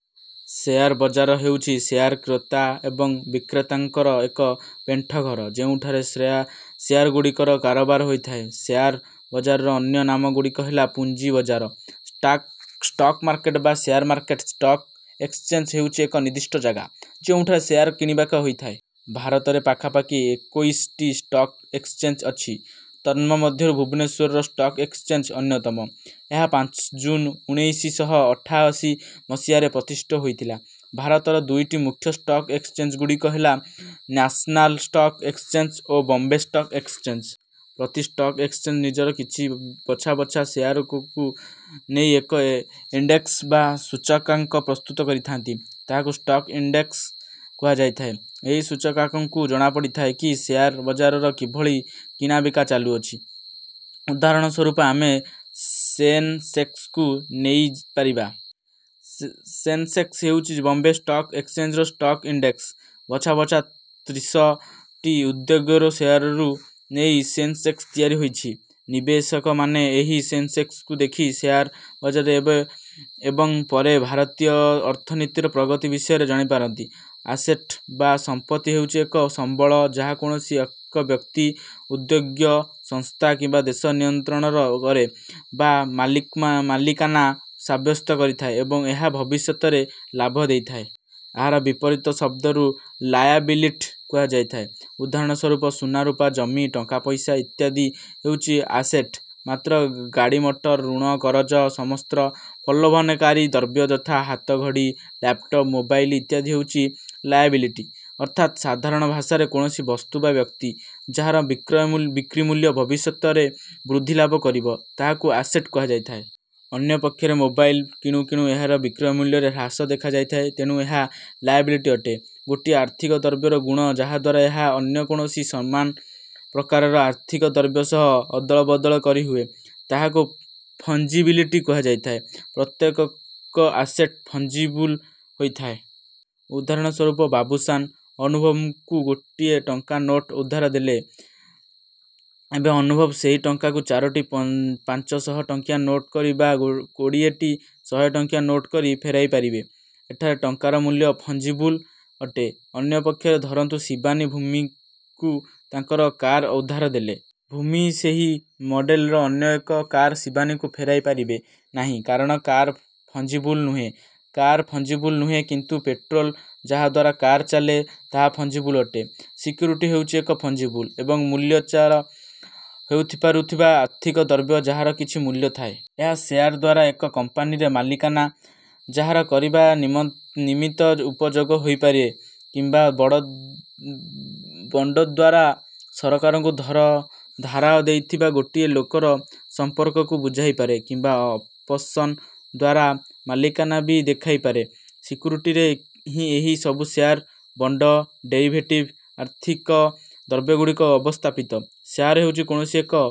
Share ବଜାର ହେଉଛି share କ୍ରେତା ଏବଂ ବିକ୍ରେତାଙ୍କର ଏକ ପେଣ୍ଠଘର, ଯେଉଁଠାରେ ଶେୟାରଗୁଡ଼ିକର କାରବାର ହୋଇଥାଏ। ଶେୟାର ବଜାରର ଅନ୍ୟ ନାମଗୁଡ଼ିକ ହେଲା ପୁଞ୍ଜି ବଜାର, ଷ୍ଟାକ୍ ଷ୍ଟକ୍ ମାର୍କେଟ ବା ଶେୟାର ମାର୍କେଟ। ଷ୍ଟକ୍ ଏକ୍ସଚେଞ୍ଜ ହେଉଛି ଏକ ନିର୍ଦ୍ଦିଷ୍ଟ ଜାଗା, ଯେଉଁଠାରେ ଶେୟାର କିଣାବିକା ହୋଇଥାଏ। ଭାରତରେ ପାଖାପାଖି ଏକୋଇଶ ଟି ଷ୍ଟକ୍ ଏକ୍ସଚେଞ୍ଜ ଅଛି। ତନ୍ମଧ୍ୟରୁ ଭୁବନେଶ୍ୱର ଷ୍ଟକ୍ ଏକ୍ସଚେଞ୍ଜ ଅନ୍ୟତମ। ଏହା ପାଞ୍ଚ ଜୁନ୍ ଉଣେଇଶି ଶହ ଅଠାଅଶୀ ମସିହା ରେ ପ୍ରତିଷ୍ଠିତ ହୋଇଥିଲା। ଭାରତର ଦୁଇଟି ମୁଖ୍ୟ ଷ୍ଟକ୍ ଏକ୍ସଚେଞ୍ଜଗୁଡ଼ିକ ହେଲା ନ୍ୟାସନାଲ ଷ୍ଟକ୍ ଏକ୍ସଚେଞ୍ଜ ଓ ବମ୍ବେ ଷ୍ଟକ୍ ଏକ୍ସଚେଞ୍ଜ। ପ୍ରତି ଷ୍ଟକ୍ ଏକ୍ସଚେଞ୍ଜ ନିଜର କିଛି ବଛା ବଛା ଶେୟାରକୁ ନେଇ ଏକ ଇଣ୍ଡେକ୍ସ ବା ସୂଚକାଙ୍କ ପ୍ରସ୍ତୁତ କରିଥାନ୍ତି, ତାହାକୁ ଷ୍ଟକ୍ ଇଣ୍ଡେକ୍ସ କୁହାଯାଇଥାଏ। ଏହି ସୂଚକାଙ୍କରୁ ଜଣାପଡ଼ିଥାଏ କି ଶେୟାର ବଜାରରେ କିଭଳି କିଣାବିକା ଚାଲୁଛି। ଉଦାହରଣ ସ୍ୱରୂପ ଆମେ ସେନସେକ୍ସକୁ ନେଇପାରିବା। ସେନସେକ୍ସ ହେଉଛି ବମ୍ବେ ଷ୍ଟକ୍ ଏକ୍ସଚେଞ୍ଜର ଷ୍ଟକ୍ ଇଣ୍ଡେକ୍ସ। ବଛା ବଛା ତ୍ରିଶ ଟି ଉଦ୍ୟୋଗର ଶେୟାରକୁ ନେଇ ସେନସେକ୍ସ ତିଆରି ହୋଇଛି। ନିବେଶକମାନେ ଏହି ସେନସେକ୍ସକୁ ଦେଖି ଶେୟାର ବଜାରର ଏବ ଏବଂ ପରେ ଭାରତୀୟ ଅର୍ଥନୀତିର ପ୍ରଗତି ବିଷୟରେ ଜାଣିପାରନ୍ତି। ଆସେଟ ବା ସମ୍ପତ୍ତି ହେଉଚି ଏକ ସମ୍ବଳ, ଯାହା କୌଣସି ଏକ ବ୍ୟକ୍ତି, ଉଦ୍ୟୋଗ, ସଂସ୍ଥା କିମ୍ବା ଦେଶ ନିୟନ୍ତ୍ରଣ କରେ ବା ମଲିକ୍ମା ମାଲିକାନା ସାବ୍ୟସ୍ତ କରିଥାଏ ଏବଂ ଏହା ଭବିଷ୍ୟତରେ ଲାଭ ଦେଇଥାଏ। ଏହାର ବିପରୀତ ଶବ୍ଦକୁ ଲାୟାବିଲିଟି କୁହାଯାଇଥାଏ। ଉଦାହରଣ ସ୍ୱରୂପ ସୁନାରୂପା, ଜମି, ଟଙ୍କାପଇସା ଇତ୍ୟାଦି ହେଉଚି ଆସେଟ। ମାତ୍ର ଗାଡ଼ିମଟର, ଋଣ-କରଜ, ସମସ୍ତ ପ୍ରଲୋଭନକାରୀ ଦ୍ରବ୍ୟ ଯଥା ହାତଘଡ଼ି, ଲାପଟପ, ମୋବାଇଲ ଇତ୍ୟାଦି ହେଉଛି ଲାୟାବିଲିଟି। ଅର୍ଥାତ ସାଧାରଣ ଭାଷାରେ କୌଣସି ବସ୍ତୁ ବା ବ୍ୟକ୍ତି, ଯାହାର ବିକ୍ରୟ ବିକ୍ରିମୂଲ୍ୟ ଭବିଷ୍ୟତରେ ବୃଦ୍ଧି ଲାଭ କରିବ, ତାହାକୁ ଆସେଟ କୁହାଯାଇଥାଏ। ଅନ୍ୟପକ୍ଷରେ ମୋବାଇଲ କିଣୁ କିଣୁ ଏହାର ବିକ୍ରିମୂଲ୍ୟରେ ହ୍ରାସ ଦେଖାଯାଇଥାଏ, ତେଣୁ ଏହା ଲାୟାବିଲିଟି ଅଟେ। ଗୋଟିଏ ଆର୍ଥିକ ଦ୍ରବ୍ୟର ଗୁଣ, ଯାହାଦ୍ୱାରା ଏହା ଅନ୍ୟ କୌଣସି ସମାନ ପ୍ରକାରର ଆର୍ଥିକ ଦ୍ରବ୍ୟ ସହ ଅଦଳବଦଳ କରିହୁଏ, ତାହାକୁ ଫଞ୍ଜିବିଲିଟି କୁହାଯାଇଥାଏ। ପ୍ରତ୍ୟେକକ ଆସେଟ ଫଞ୍ଜିବୁଲ ହୋଇଥାଏ। ଉଦାହରଣ ସ୍ୱରୂପ ବାବୁଶାନ, ଅନୁଭବଙ୍କୁ ଗୋଟିଏ ଟଙ୍କା ନୋଟ ଉଧାର ଦେଲେ। ଏବେ ଅନୁଭବ ସେହି ଟଙ୍କାକୁ ଚାରୋଟି ପ ପାଞ୍ଚ ଶହ ଟଙ୍କିଆ ନୋଟ କରି ବା ଗୋ କୋଡ଼ିଏ ଟି ଶହେ ଟଙ୍କିଆ ନୋଟ କରି ଫେରାଇପାରିବେ। ଏଠାରେ ଟଙ୍କାର ମୂଲ୍ୟ ଫଞ୍ଜିବୁଲ ଅଟେ। ଅନ୍ୟପକ୍ଷରେ ଧରନ୍ତୁ ଶିବାନୀ, ଭୂମିଙ୍କୁ ତାଙ୍କର କାର ଉଧାର ଦେଲେ। ଭୂମି ସେହି ମଡେଲର ଅନ୍ୟ ଏକ କାର ଶିବାନୀଙ୍କୁ ଫେରାଇ ପାରିବେ ନାହିଁ; କାରଣ କାର ଫ୍ ଫଞ୍ଜିବୁଲ ନୁହେଁ। କାର ଫଞ୍ଜିବୁଲ ନୁହେଁ, କିନ୍ତୁ ପେଟ୍ରୋଲ ଯାହାଦ୍ୱାରା କାର ଚାଲେ, ତାହା ଫଞ୍ଜିବୁଲ ଅଟେ। ସିକ୍ୟୁରିଟି ହେଉଛି ଏକ ଫଞ୍ଜିବୁଲ ଏବଂ ମୂଲଚାଲ ହେଉଥିପାରୁଥିବା ଆର୍ଥିକ ଦ୍ରବ୍ୟ, ଯାହାର କିଛି ମୂଲ୍ୟ ଥାଏ। ଏହା ଶେୟାର ଦ୍ୱାରା ଏକ କମ୍ପାନୀର ମାଲିକାନା ଜାହିର କରିବା ନିମ ନିମିତ୍ତ ଉପଯୋଗ ହୋଇପାରେ କିମ୍ବା ବଣ୍ଡ ଦ୍ୱାରା ସରକାରଙ୍କୁ ଧାର ଦେଇଥିବା ଗୋଟିଏ ଲୋକର ସମ୍ପର୍କକୁ ବୁଝାଇପାରେ କିମ୍ବା ଅପସନ ଦ୍ୱାରା ମାଲିକାନା ବି ଦେଖାଇପାରେ। ସିକ୍ୟୁରିଟିରେ ହିଁ ଏହି ସବୁ ଶେୟାର, ବଣ୍ଡ, ଡେଇଭେଟିଭ ଆର୍ଥିକ ଦ୍ରବ୍ୟଗୁଡ଼ିକ ଅବସ୍ଥାପିତ। ଶେୟାର ହେଉଛି କୌଣସି ଏକ